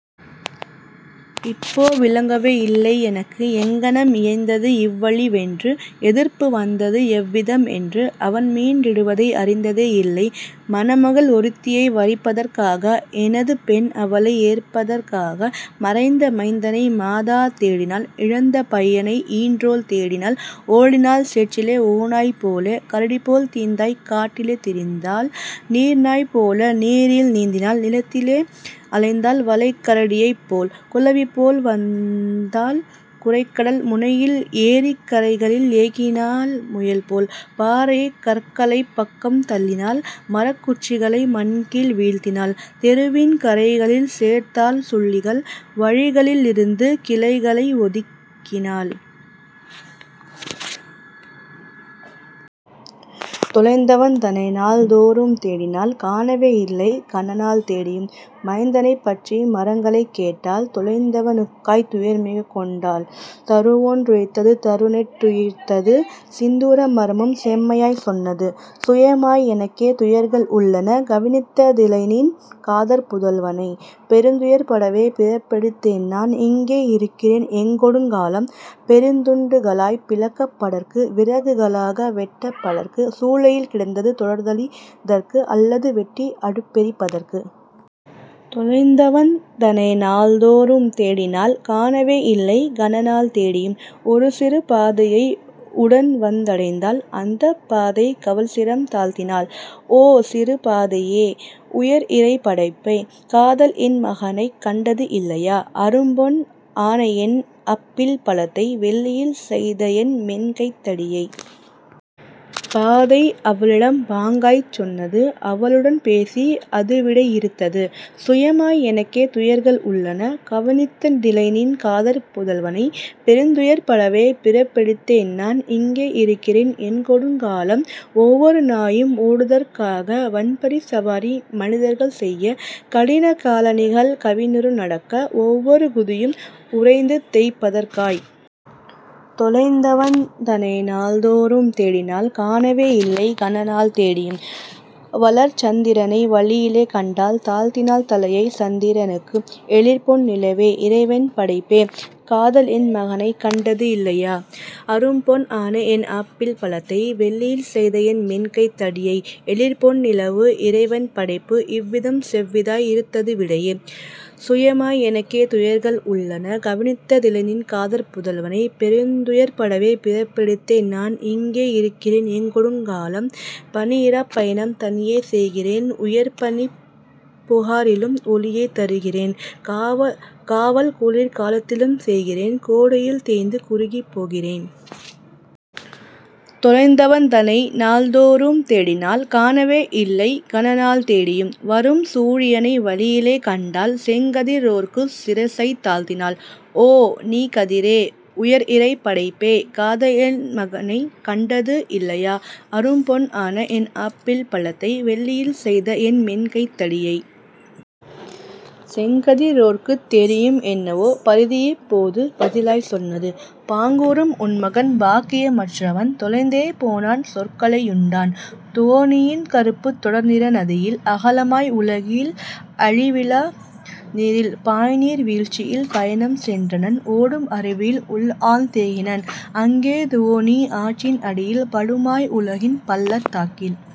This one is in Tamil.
இப்போ விளங்கவே இல்லை எனக்கு எங்ஙனம் இயைந்தது இவ்வழி வென்று எதிர்ப்பு வந்தது எவ்விதம் என்று அவன்மீண் டிடுவதை அறிந்ததே யில்லை மணமகள் ஒருத்தியை வரிப்பதற் காக எனதுபெண் அவளை ஏற்பதற் காக. " மறைந்த மைந்தனை மாதா தேடினள் இழந்த பையனை ஈன்றோள் தேடினள் ஓடினாள் சேற்றிலே ஓநாய் போல கரடிபோல் தீய்ந்த காட்டிலே திரிந்தாள் நீர்நாய் போல நீரில் நீந்தினாள் நிலத்திலே அலைந்தாள் வளைக்கர டியைப்போல் குளவிபோல் வந்தாள் குரைகடல் முனையில் ஏரிக் கரைகளில் ஏகினாள் முயல்போல்; பாறைக் கற்களைப் பக்கம் தள்ளினாள் மரக்குச்சிகளை மண்கீழ் வீழ்த்தினாள் தெருவின் கரைகளில் சேர்த்தாள் சுள்ளிகள் வழிகளி லிருந்து கிளைகளை ஒதுக்கினாள். தொலைந்தவன் தனைநாள் தோறும் தேடினாள் காணவே யில்லை கனநாள் தேடியும் மைந்தனைப் பற்றி மரங்களைக் கேட்டாள் தொலைந்தவ னுக்காய்த் துயர்மிகத் கொண்டாள் தருவொன் றுரைத்தது தாருநெட் டுயிர்த்தது சிந்துர மரமும் செம்மையாய்ச் சொன்னது: "சுயமாய் எனக்கே துயர்கள் உள்ளன கவனித்த திலைநின் காதற் புதல்வனை பெருந்துயர் படவே பிறப்பெடுத் தேன்நான் இங்கே இருக்கிறேன் என்கொடுங் காலம் பெருந்துண் டுகளாய்ப் பிளக்கப் படற்கு விறகுக ளாக வெட்டப் படற்கு சூளையில் கிடந்து தொடர்தழி தற்கு அல்லது வெட்டி அடுப்பெரிப் பதற்கு. " தொலைந்தவன் தனைநாள் தோறும் தேடினாள் காணவே யில்லை கனநாள் தேடியும் ஒருசிறு பாதையை உடன்வந் தடைந்தாள் அந்தப் பாதைக் கவள்சிரம் தாழ்த்தினாள்: "ஓ, சிறு பாதையே, உயர்இறை படைப்பே! காதல்என் மகனைக் கண்டது இல்லையா, அரும்பொன் ஆனஎன் அப்பிள் பழத்தை, வெள்ளியில் செய்தஎன் மென்கைத் தடியை? " பாதை அவளிடம் பாங்காய்ச் சொன்னது அவளுடன் பேசி அதுவிடை யிறுத்தது: "சுயமாய் எனக்கே துயர்கள் உள்ளன கவனித்த திலைநின் காதற் புதல்வனை பெருந்துயர் படவே பிறப்பெடுத் தேன்நான் இங்கே இருக்கிறேன் என்கொடுங் காலம் ஒவ்வொரு நாயும் ஓடுதற் காக வன்பரிச் சவாரி மனிதர்கள் செய்ய கடினகா லணிகள் கவினுற நடக்க ஒவ்வொரு குதியும் உராய்ந்துதேய்ப் பதற்காய். " தொலைந்தவன் தனைநாள் தோறும் தேடினாள் காணவே யில்லை கனநாள் தேடியும் வளர்சந் திரனை வழியிலே கண்டாள் தாழ்த்தினாள் தலையைச் சந்திரனுக்கு: "எழிற்பொன் நிலவே, இறைவன் படைப்பே! காதல்என் மகனைக் கண்டது இல்லையா அரும்பொன் ஆனஎன் அப்பிள் பழத்தை வெள்ளியில் செய்தஎன் மென்கைத் தடியை? " எழிற்பொன் நிலவு இறைவன் படைப்பு இவ்விதம் செவ்விதாய் இறுத்தது விடையே: "சுயமாய் எனக்கே துயர்கள் உள்ளன கவனித்த திலைநின் காதற் புதல்வனை பெருந்துயர் படவே பிறப்பெடுத் தேன்நான் இங்கே இருக்கிறேன் என்கொடுங் காலம் பனிஇராப் பயணம் தனியே செய்கிறேன் உயர்பனிப் புகாரிலும் ஒளியைத் தருகிறேன் காவல் குளிர்கா லத்திலும் செய்கிறேன் கோடையில் தேய்ந்து குறுகிப் போகிறேன். " தொலைந்தவன் தனைநாள் தோறும் தேடினாள் காணவே யில்லை கனநாள் தேடியும் வரும்சூ ரியனை வழியிலே கண்டாள் செங்கதி ரோற்குச் சிரசைத் தாழ்த்தினாள்: "ஓ, நீ கதிரே, உயர்இறைப் படைப்பே! காதல்என் மகனைக் கண்டது இல்லையா அரும்பொன் ஆனஎன் அப்பிள் பழத்தை வெள்ளியில் செய்தஎன் மென்கைத் தடியை? " செங்கதி ரோற்குத் தெரியும் என்னவோ பரிதிஇப் போது பதிலாய்ச் சொன்னது: "பாங்குறும் உன்மகன் பாக்கிய மற்றவன் தொலைந்தே போனான் சோர்கொலை யுண்டான் துவோனியின் கறுப்புத் தொடர்நிற நதியில் அகலமாய் வுலகில் அழிவிலா நீரில் பாய்நீர் வீழ்ச்சியில் பயணம் சென்றனன் ஓடும் அருவியில் உள்ஆழ்ந் தேகினன் அங்கே துவோனி ஆற்றின் அடியில் படுமாய் வுலகின் பள்ளத் தாக்கில்.